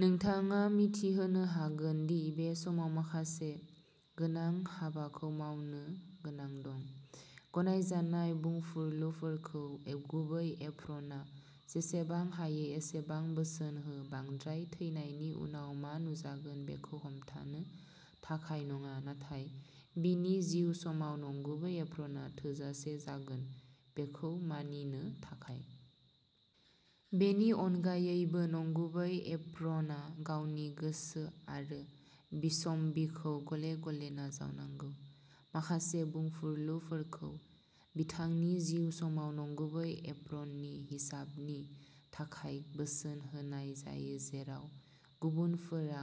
नोंथाङा मिथिहोनो हागोन दि बे समाव माखासे गोनां हाबाखौ मावनो गोनां दं। गनायजानाय बुंफुरलुफोरखौ गुबै एप्रनआ जेसेबां हायो एसेबां बोसोन हो बांद्राय थैनायनि उनाव मा नुजागोन बेखौ हमथानो थाखाय नङा नाथाय बिनि जिउ समाव नंगुबै एप्रनआ थोजासे जागोन बेखौ मानिनो थाखाय। बेनि अनगायैबो नंगुबै एप्रनआ गावनि गोसो आरो बिसम्बिखौ गले-गले नाजावनांगौ। माखासे बुंफुरलुफोरखौ बिथांनि जिउ समाव नंगुबै एप्रननि हिसाबनि थाखाय बोसोन होनाय जायो जेराव गुबुनफोरा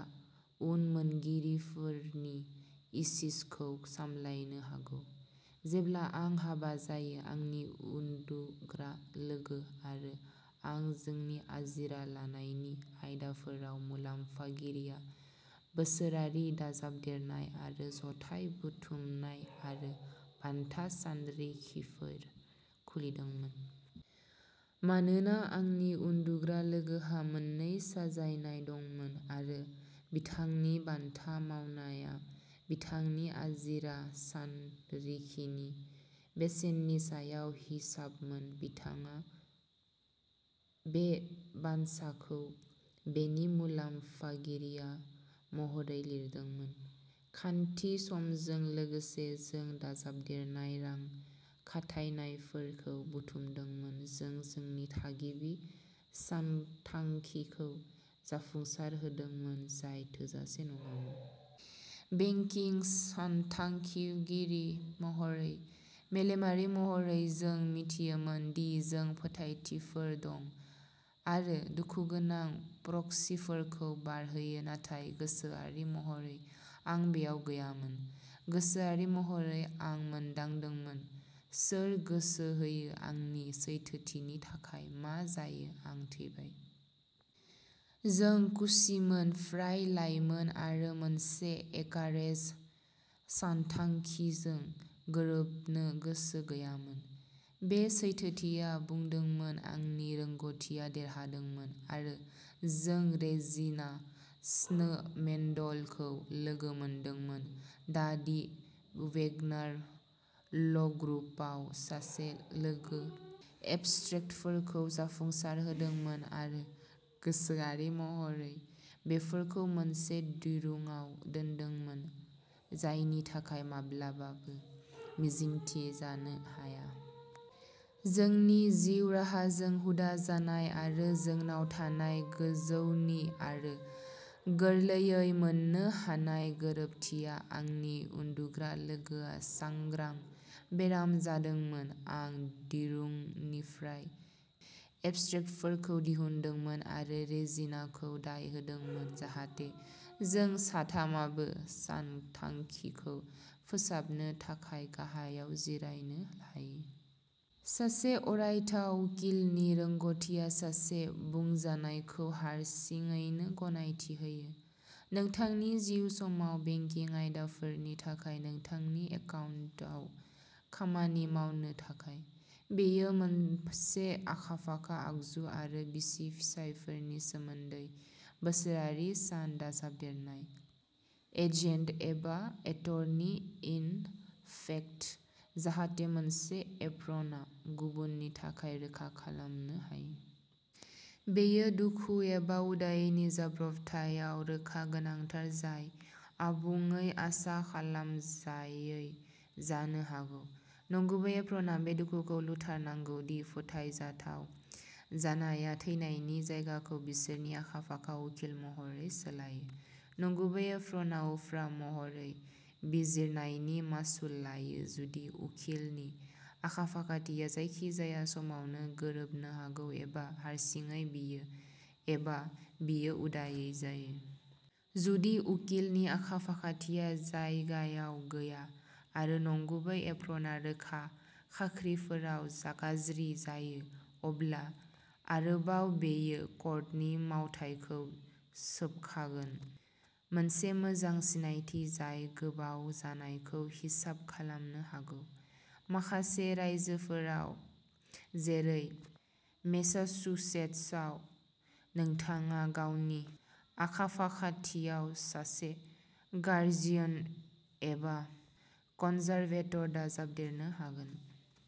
उनमोनगिरिफोरनि इसिसखौ सामलायनो हागौ। जेब्ला आं हाबा जायो आंनि उन्दुग्रा लोगो आरो आं जोंनि आजिरा लानायनि आयदाफोराव मुलाम्फागिरिया बोसोरारि दाजाबदेरनाय आरो जथाय बुथुमनाय आरो बानथा सानरिखिफोर खुलिदोंमोन। मानोना आंनि उन्दुग्रा लोगोहा मोननै साजायनाय दंमोन आरो बिथांनि बानथा मावनाया बिथांनि आजिरा सानरिखिनि बेसेननि सायाव हिसाबमोन बिथाङा बे बानसाखौ बेनि मुलाम्फागिरिया महरै लिरदोंमोन। खान्थि समजों लोगोसे जों दाजाबदेरनाय रां खाथायनायफोरखौ बुथुमदोंमोन जों जोंनि थागिबि सानथांखिखौ जाफुंसारहोदोंमोन जाय थोजासे नङामोन। बेंकिं सानथांखिगिरि महरै मेलेमारि महरै जों मिथियोमोन दि जों फोथायथिफोर दं आरो दुखुगोनां प्रक्सिफोरखौ बारहोयो नाथाय गोसोआरि महरै आं बेयाव गैयामोन। गोसोआरि महरै आं मोनदांदोंमोन "सोर गोसो होयो आंनि सैथोथिनि थाखाय मा जायो आं थैबाय?" जों खुसिमोन फ्राय लायमोन आरो मोनसे एकारेज सानथांखिजों गोरोबनो गोसो गैयामोन। बे सैथोथिया बुंदोंमोन आंनि रोंग'थिआ देरहादोंमोन आरो जों रेजिना स्नो मेन्डलखौ लोगो मोनदोंमोन दा दि वेगनार ल'ग्रुपआव सासे लोगो एबस्ट्रेक्टफोरखौ जाफुंसारहोदोंमोन आरो गोसोआरि महरै बेफोरखौ मोनसे दिरुंआव दोनदोंमोन जायनि थाखाय माब्लाबाबो मिजिंथिजानो हाया। जोंनि जिउ राहाजों हुदा जानाय आरो जोंनाव थानाय गोजौनि आरो गोरलैयै मोननो हानाय गोरोबथिया आंनि उन्दुग्रा लोगोआ सांग्रां बेराम जादोंमोन आं दिरुंनिफ्राय एबस्ट्रेक्टफोरखौ दिहुनदोंमोन आरो रेजिनाखौ दाय होदोंमोन जाहाथे जों साथामाबो सानथांखिखौ फोसाबनो थाखाय गाहायाव जिरायनो हायो। सासे अरायथा उकिलनि रोंग'थिआ सासे बुंजानायखौ हारसिङैनो गनायथि होयो। नोंथांनि जिउ समाव बेंकिं आयदाफोरनि थाखाय नोंथांनि एकाउन्टआव खामानि मावनो थाखाय। बेयो मोनसे आखा-फाखा आगजु आरो बिसि-फिसायफोरनि सोमोन्दै बोसोरारि सान दाजाबदेरनाय "एजेन्ट" एबा "एटर्नि-इन-फेक्ट" जाहाथे मोनसे एप्रनआ गुबुननि थाखाय रोखा खालामनो हायो। बेयो दुखु एबा उदायैनि जाब्रबथायआव रोखा गोनांथार जाय आबुङै आसा खालामजायै जानो हागौ। नंगुबै एप्रनआ बे दुखुखौ लुथारनांगौ दि फोथायजाथाव जानाया थैनायनि जायगाखौ बिसोरनि आखा-फाखा उखिल महरै सोलायो। नंगुबै एप्रनआ उफ्रा महरै बिजिरनायनि मासुल लायो जुदि उकिलनि आखा-फाखाथिया जायखिजाया समावनो गोरोबनो हागौ एबा हारसिङै बियो एबा बियो उदायै जायो। जुदि उकिलनि आखा-फाखाथिया जायगायाव गैया आरो नंगुबै एप्रनआ रोखा खाख्रिफोराव गाज्रि जायो अब्ला आरोबाव बेयो कर्टनि मावथायखौ सोबखागोन, मोनसे मोजां सिनायथि जाय गोबाव जानायखौ हिसाब खालामनो हागौ। माखासे रायजोफोराव जेरै मेसाचुसेट्सआव नोंथाङा गावनि आखा-फाखाथियाव सासे गार्जियन एबा कनजारभेटर दाजाबदेरनो हागोन।